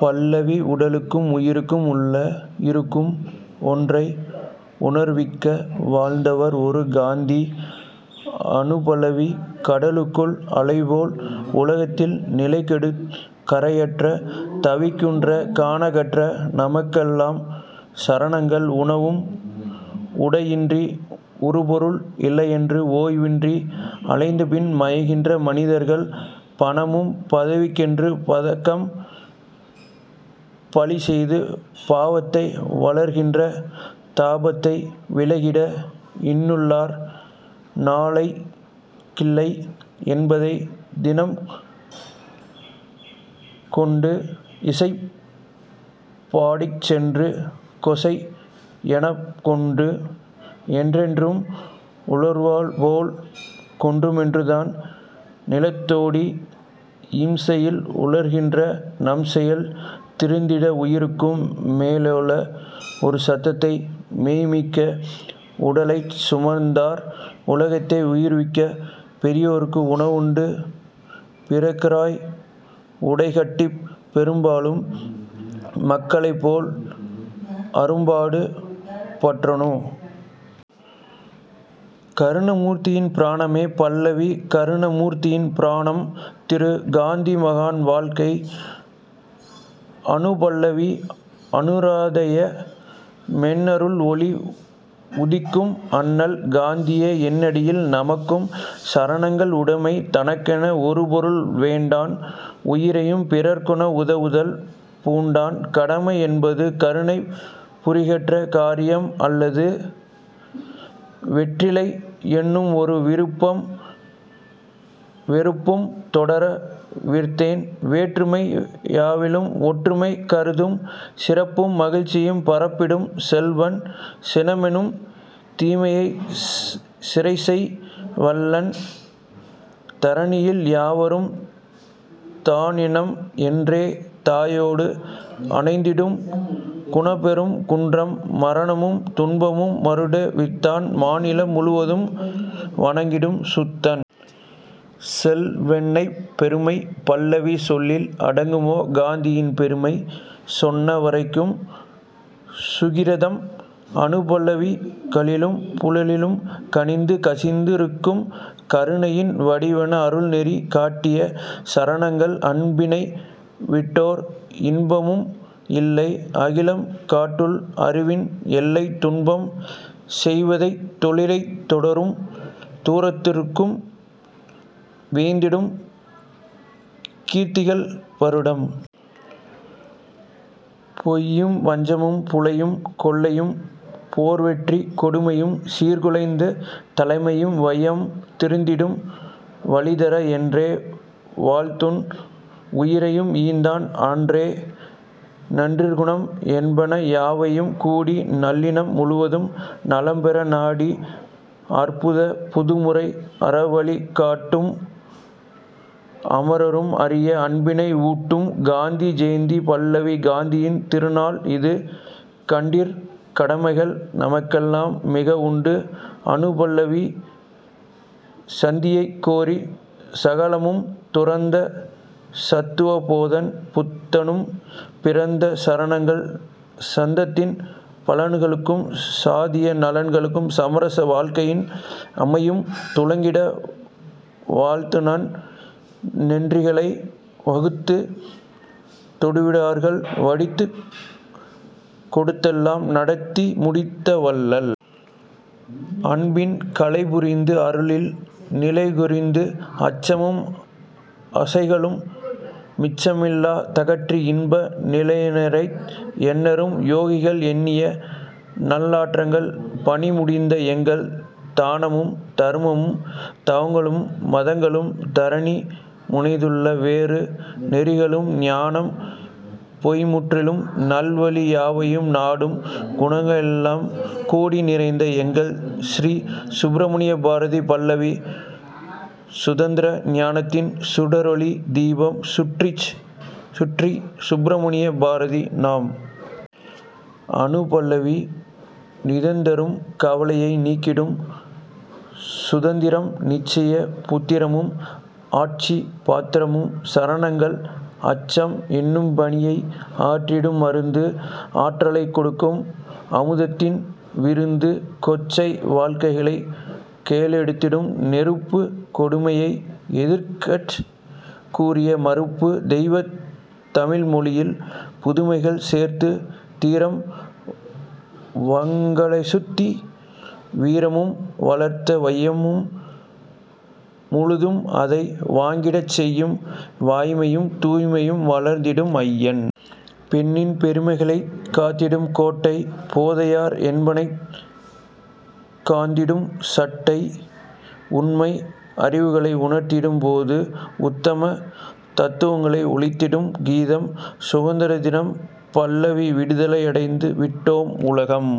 பல்லவி உடலுக்கும் உயிருக்கும் உள்ளே இருக்கும் ஒன்றை உணர்விக்க வாழ்ந்தவர் ஒரு காந்தி அநுபல்லவி கடலுக்குள் அலைபோல உலகத்தில் நிலைகெட்டுக் கரையேறத் தவிக்கின்ற கணக்கற்ற நமக்கெல்லாம் சரணங்கள் உணவும் உடையுமின்றி உறுபொருள் இல்லையென்று ஓய்வின்றி அலைந்துபின் மாய்கின்ற மனிதர்கள் பணமும் பதவிக்கென்று பாதகம் பலசெய்து பாவத்தை வளர்க்கின்ற தாபத்தை விலக்கிட இன்றுள்ளார் நாளைக்கில்லை என்பதைத் தினம்கண்டும் இச்சைப் படிக்குச்சென்று கொச்சை யின்பமும்கொண்டும் என்றென்றும் உள்ளவர்போல் கொன்றும்தன் நலந்தேடி இம்சையில் உழல்கின்ற நம்செயல் திருந்திட உயிருக்கும் மேலுள்ள ஒருசத்தை மெய்ப்பிக்க உடலைச் சுமந்திருந்தார் உலகத்தை உய்விக்க பெயருக்கு உணவுண்டு பிறருக்காய் உடைகட்டிப் பெரும்பாலும் மக்களைப்போல் அரும்பாடு பட்டாரேனும். கருணாமூர்த்தியின் பரிணாமம் பல்லவி கருணா மூர்த்தியின் பரிணாமம் திரு காந்தி மகான் வாழ்க்கை அநுபல்லவி அருணோதய மெனஅருள் ஒளி உதிக்கும் அண்ணல் காந்தியை எண்ணிடில் நமக்கும் சரணங்கள் உடைமை தனக்கென ஒருபொருள் வேண்டான் உயிரையும் பிறர்க்கென உதவுதல் பூண்டான் கடமை என்பது கருணையைப் புரிகிற காரியம் அல்லது வேறிலை எனும்ஒரு விருப்பும் வெறுப்பும் தொடரா விரதன் வேற்றுமை யாவிலும் ஒற்றுமை கருதும் சிரிப்பும் மகிழ்ச்சியும் பரப்பிடும் செல்வன் சினமெனும் தீமையைச் சிறைசெய வல்லன் தரணியில் யாவரும் தன்இனம் என்றே தயையடு அணைத்திடும் குணப்பெரும் குன்றாம் மரணமும் துன்பமும் மருட்டா வித்தன் மாநிலம் முழுவதும் வணங்கிடும் சுத்தன்.. சொல்லவொண்ணாப் பெருமை பல்லவி சொல்லில் அடங்குமோ காந்தியின் பெருமை? சொன்ன வரைக்கும் சுகிர்தம்? அநுபல்லவி கல்லும் புல்லும் கனிந்து கசிந்து ருகும் கருணையின் வடிவென அருள்நெறி காட்டிய சரணங்கள் அன்பினை விட்டொரு இன்பமும் இல்லை அகிலம் கண்டுள அறிவின் எல்லை துன்பம் செய்வதைத் தொழிலெனத் தொடரும் தூர்த்தரும் வியந்திடும் கீர்த்திகள் படரும். பொய்யும் வஞ்சமும் புலையும் கொலையும் போர்வெறிக் கொடுமையும் சீர்குலைந் தலையும் வையம் திருந்திடும் வழிதர என்றே வாழ்ந்துதன் உயிரையும் ஈந்தனன் அன்றோ! நற்குணம் என்பன யாவையும் கூடி நானிலம் முழுவதும் நலம்பெற நாடி அற்புதப் புதுமுறை அறவழி காட்டும் அமரரும் அறிய அன்பினை ஊட்டும்.. காந்தி ஜயந்தி பல்லவி காந்தியின் திருநாள் இது கண்டீர் கடமைகள் நமக்கெலாம் மிகஉண்டு அநுபல்லவி சாந்தியைக் கோரிச் சகலமும் துறந்த சத்துவ போதன் புத்தனும் பிறந்த சரணங்கள் சாந்தத்தின் பலன்களும் சத்திய நலன்களும் சமரச வாழ்க்கையின் அமைதியும் துலங்கிட வாழ்ந்துநன் னெறிகளை வகுத்துத் தொடுத்தவர்கள் வடித்துக் கொடுத்ததெல்லாம் நடத்தி முடித்த வள்ளல். அன்பின் கலைபுரிந்து அருளின் நிலைதெரிந்து அச்சமும் ஆசைகளும் மிச்சமில்லா தகற்றி இன்ப நிலையுரைத்த எண்ணரும் யோகிகள் எண்ணிய நல்லறங்கள் பண்ணிமுடித்த எங்கள் தானமும் தருமமும் தவங்களும் மதங்களும் தாரணி முயன்றுள வேறுள நெறிகளும் ஞானம் பெறமுயலும் நல்வழி யாவையும் நாடும் குணங்களெல்லாம் கூடிநிறைந்த எங்கள். ஸ்ரீ சுப்பிரமண்ய பாரதி பல்லவி சுதந்தர ஞானத்தின் சுடரொளி தீபம் சுபசிறீ சுப்பிரமண்ய பாரதி நாமம். அநுபல்லவி நிதந்தரும் கவலையை நீக்கிடும் சூத்திரம் நிச்சய புத்திதரும் அட்சய பாத்திரம் சரணங்கள் அச்சம் எனும்பிணியை அகற்றிடும் மருந்து ஆற்றலைக் கொடுத்திடும் அமுதத்தின் விருந்து கொச்சை வழக்கங்களைக் கொளுத்திடும் நெருப்பு கொடுமையை எதிர்த்திடக் கூரிய மறுப்பு! தெய்வத் தமிழ்மொழியில் புதுமைகள் சேர்த்துத் தீரம் விளங்கச்சுத்த வீரமும் வார்த்து வையம் முழுதும்அதை வணங்கிடச் செய்யும் வாய்மையும் தூய்மையும் வளர்த்திடும் ஐயன்! பெண்ணின் பெருமைகளைக் காத்திடும் கோட்டை பேதையர் என்பதனைக் கடிந்திடும் சாட்டை உண்மை அறிவுகளை உணர்த்திடும் போதம் உத்தம தத்துவங்களை ஒலித்திடும் கீதம்!. சுதந்தர தினம் பல்லவி விடுதலை அடைந்து விட்டோம்--உலகம்